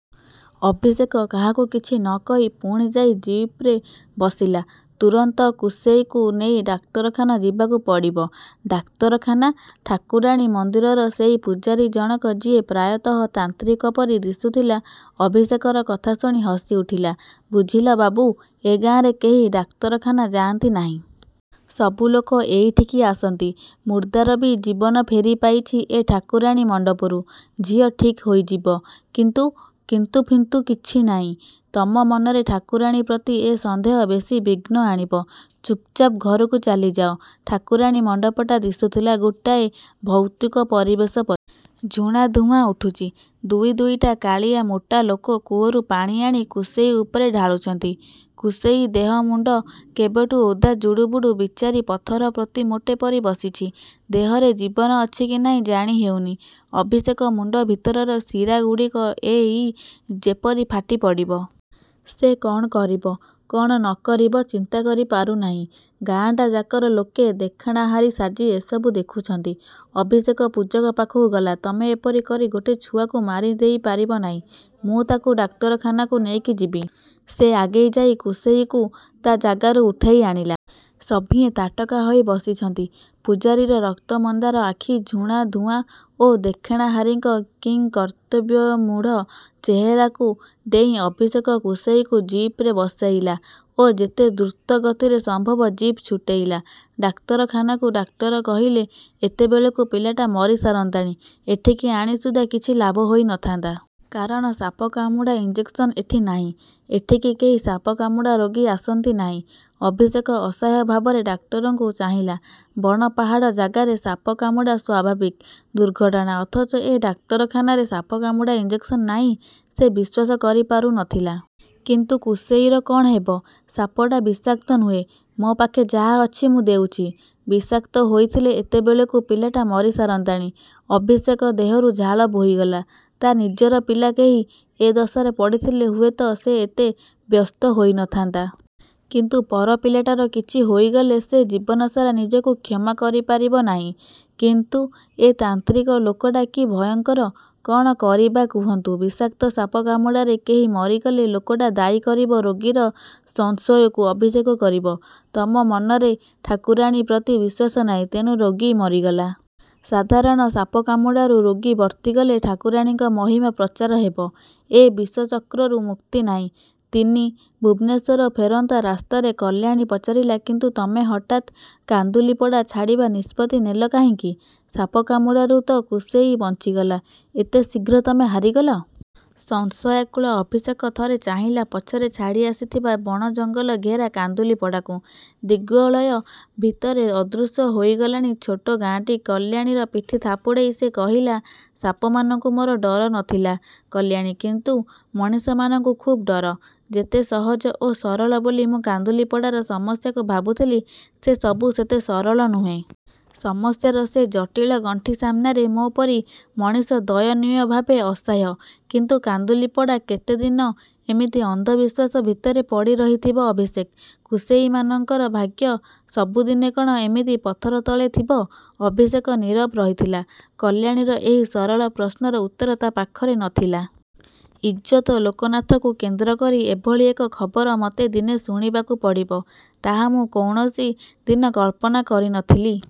ଅଭିଷେକ କାହାକୁ କିଛି ନକହି ପୁଣି ଯାଇ ଜିପରେ ବସିଲା। ତୁରନ୍ତ କୁସେଇକୁ ନେଇ ଡାକ୍ତରଖାନା ଯିବାକୁ ପଡ଼ିବ। ଡାକ୍ତରଖାନା? ଠାକୁରାଣୀ ମନ୍ଦିରର ସେଇ ପୂଜାରୀ ଜଣକ, ଯିଏ ପ୍ରାୟତଃ ତାନ୍ତ୍ରିକ ପରି ଦିଶୁଥିଲା, ଅଭିଷେକର କଥା ଶୁଣି ହସି ଉଠିଲା।: ବୁଝିଲ ବାବୁ, ଏ ଗାଁରେ କେହି ଡାକ୍ତରଖାନା ଯାଆନ୍ତି ନାହିଁ। ସବୁ ଲୋକ ଏଇଠିକି ଆସନ୍ତି। ମୁର୍ଦ୍ଦାର ବି ଜୀବନ ଫେରି ପାଇଛି ଏ ଠାକୁରାଣୀ ମଣ୍ଡପରୁ। ଝିଅ ଠିକ୍ ହୋଇଯିବ।: କିନ୍ତୁ?: କିନ୍ତୁ ଫିନ୍ତୁ କିଛି ନାହିଁ। ତମ ମନରେ ଠାକୁରାଣୀ ପ୍ରତି ଏ ସନ୍ଦେହ ବେଶୀ ବିଘ୍ନ ଆଣିବ। ଚୁପ୍ଚାପ୍ ଘରକୁ ଚାଲିଯାଅ। ଠାକୁରାଣୀ ମଣ୍ଡପଟା ଦିଶୁଥିଲା ଗୋଟାଏ ଭୌତିକ ପରିବେଶ ପରି। ଝୁଣା ଧୂଆଁ ଉଠୁଛି। ଦୁଇ ଦୁଇଟା କାଳିଆ ମୋଟା ଲୋକ କୂଅରୁ ପାଣି ଆଣି କୁସେଇ ଉପରେ ଢାଳୁଛନ୍ତି। କୁସେଇ ଦେହ ମୁଣ୍ଡ କେବେଠୁ ଓଦା ଜୁଡ଼ୁବୁଡ଼ୁ। ବିଚାରୀ ପଥର ପ୍ରତିମାଟେ ପରି ବସିଛି। ଦେହରେ ଜୀବନ ଅଛି କି ନାହିଁ ଜାଣି ହେଉନି। ଅଭିଷେକ ମୁଣ୍ଡ ଭିତରର ଶିରାଗୁଡ଼ିକ ଏଇ ଯେପରି ଫାଟିପଡ଼ିବ। ସେ କଣ କରିବ, କଣ ନ କରିବ ଚିନ୍ତା କରି ପାରୁନାହିଁ। ଗାଁଟାଯାକର ଲୋକେ ଦେଖଣାହାରି ସାଜି ଏସବୁ ଦେଖୁଛନ୍ତି। ଅଭିଷେକ ପୂଜକ ପାଖକୁ ଗଲା–ତମେ ଏପରି କରି ଗୋଟେ ଛୁଆକୁ ମାରି ଦେଇ ପାରିବ ନାହିଁ। ମୁଁ ତାକୁ ଡାକ୍ତରଖାନାକୁ ନେଇକି ଯିବି। ସେ ଆଗେଇ ଯାଇ କୁସେଇକୁ ତା ଜାଗାରୁ ଉଠେଇ ଆଣିଲା। ସଭିଏଁ ତାଟକା ହୋଇ ବସିଛନ୍ତି। ପୂଜାରୀର ରକ୍ତମନ୍ଦାର ଆଖି, ଝୁଣା ଧୂଆଁ ଓ ଦେଖଣାହାରିଙ୍କ କିଂକର୍ତ୍ତବ୍ୟବିମୂଢ଼ ଚେହେରାକୁ ଡେଇଁ ଅଭିଷେକ କୁସେଇକୁ ଜିପରେ ବସେଇଲା ଓ ଯେତେ ଦ୍ରୁତ ଗତିରେ ସମ୍ଭବ ଜିପ୍ ଛୁଟେଇଲା ଡାକ୍ତରଖାନାକୁ। ଡାକ୍ତର କହିଲେ, "ଏତେବେଳକୁ ପିଲାଟା ମରିସାରନ୍ତାଣି। ଏଠିକି ଆଣି ସୁଦ୍ଧା କିଛି ଲାଭ ହୋଇ ନ ଥାନ୍ତା। କାରଣ ସାପକାମୁଡ଼ା ଇଞ୍ଜେକସନ୍ ଏଠି ନାହିଁ। ଏଠିକି କେହି ସାପକାମୁଡ଼ା ରୋଗୀ ଆସନ୍ତି ନାହିଁ।। " ଅଭିଷେକ ଅସହାୟ ଭାବରେ ଡାକ୍ତରଙ୍କୁ ଚାହିଁଲା। ବଣ ପାହାଡ଼ ଜାଗାରେ ସାପ କାମୁଡ଼ା ସ୍ୱାଭାବିକ ଦୁର୍ଘଟଣା। ଅଥଚ ଏ ଡାକ୍ତରଖାନାରେ ସାପକାମୁଡ଼ା ଇଞ୍ଜେକ୍ସନ୍ ନାହିଁ। ସେ ବିଶ୍ୱାସ କରିପାରୁ ନଥିଲା।: କିନ୍ତୁ କୁସେଇର କ'ଣ ହେବ?: ସାପଟା ବିଷାକ୍ତ ନୁହେଁ। ମୋ ପାଖେ ଯାହା ଅଛି ମୁଁ ଦେଉଛି। ବିଷାକ୍ତ ହୋଇଥିଲେ ଏତେବେଳକୁ ପିଲାଟା ମରିସାରନ୍ତାଣି। ଅଭିଷେକ ଦେହରୁ ଝାଳ ବୋହିଗଲା। ତା ନିଜର ପିଲା କେହି ଏ ଦଶାରେ ପଡ଼ିଥିଲେ ହୁଏତ ସେ ଏତେ ବ୍ୟସ୍ତ ହୋଇ ନ ଥାନ୍ତା। କିନ୍ତୁ ପର ପିଲାଟାର କିଛି ହୋଇଗଲେ ସେ ଜୀବନସାରା ନିଜକୁ କ୍ଷମା କରିପାରିବ ନାହିଁ।: କିନ୍ତୁ ଏ ତାନ୍ତ୍ରିକ ଲୋକଟା କି ଭୟଙ୍କର?: କଣ କରିବା କୁହନ୍ତୁ? ବିଷାକ୍ତ ସାପ କାମୁଡ଼ାରେ କେହି ମରିଗଲେ ଲୋକଟା ଦାୟୀ କରିବ ରୋଗୀର ସଂଶୟକୁ। ଅଭିଯୋଗ କରିବ, ତମ ମନରେ ଠାକୁରାଣୀ ପ୍ରତି ବିଶ୍ୱାସ ନାହିଁ, ତେଣୁ ରୋଗୀ ମରିଗଲା। ସାଧାରଣ ସାପ କାମୁଡ଼ାରୁ ରୋଗୀ ବର୍ତ୍ତିଗଲେ ଠାକୁରାଣୀଙ୍କ ମହିମା ପ୍ରଚାର ହେବ। ଏ ବିଷଚକ୍ରରୁ ମୁକ୍ତି ନାହିଁ। ତିନି। ଭୁବନେଶ୍ୱର ଫେରନ୍ତା ରାସ୍ତାରେ କଲ୍ୟାଣୀ ପଚାରିଲା, "କିନ୍ତୁ ତମେ ହଠାତ୍ କାନ୍ଦୁଲିପଡ଼ା ଛାଡ଼ିବା ନିଷ୍ପତ୍ତି ନେଲ କାହିଁକି? ସାପ କାମୁଡ଼ାରୁ ତ କୁସେଇ ବଞ୍ଚିଗଲା। ଏତେ ଶୀଘ୍ର ତମେ ହାରିଗଲ? " ସଂଶୟାକୁଳ ଅଭିଷେକ ଥରେ ଚାହିଁଲା ପଛରେ ଛାଡ଼ି ଆସିଥିବା ବଣଜଙ୍ଗଲ ଘେରା କାନ୍ଦୁଲିପଡ଼ାକୁ। ଦିଗ୍ବଳୟ ଭିତରେ ଅଦୃଶ୍ୟ ହୋଇଗଲାଣି ଛୋଟ ଗାଆଁଟି। କଲ୍ୟାଣୀର ପିଠି ଥାପୁଡ଼େଇ ସେ କହିଲା, ସାପମାନଙ୍କୁ ମୋର ଡର ନ ଥିଲା କଲ୍ୟାଣୀ, କିନ୍ତୁ ମଣିଷମାନଙ୍କୁ ଖୁବ୍ ଡର। ଯେତେ ସହଜ ଓ ସରଳ ବୋଲି ମୁଁ କାନ୍ଦୁଲିପଡ଼ାର ସମସ୍ୟାକୁ ଭାବୁଥିଲି ସେସବୁ ସେତେ ସରଳ ନୁହେଁ। ସମସ୍ୟାର ସେ ଜଟିଳ ଗଣ୍ଠି ସାମ୍ନାରେ ମୋ ପରି ମଣିଷ ଦୟନୀୟ ଭାବେ ଅସହାୟ!: କିନ୍ତୁ କାନ୍ଦୁଲିପଡ଼ା କେତେ ଦିନ ଏମିତି ଅନ୍ଧବିଶ୍ୱାସ ଭିତରେ ପଡ଼ି ରହିଥିବ ଅଭିଷେକ-? କୁସେଇମାନଙ୍କର ଭାଗ୍ୟ ସବୁଦିନେ କ'ଣ ଏମିତି ପଥର ତଳେ ଥିବ? ଅଭିଷେକ ନିରବ ରହିଥିଲା। କଲ୍ୟାଣୀର ଏହି ସରଳ ପ୍ରଶ୍ନର ଉତ୍ତର ତା ପାଖରେ ନ ଥିଲା। ଇଜ୍ଜତ ଲୋକନାଥକୁ କେନ୍ଦ୍ରକରି ଏଭଳି ଏକ ଖବର ମୋତେ ଦିନେ ଶୁଣିବାକୁ ପଡ଼ିବ, ତାହା ମୁଁ କୌଣସି ଦିନ କଳ୍ପନା କରି ନଥିଲି।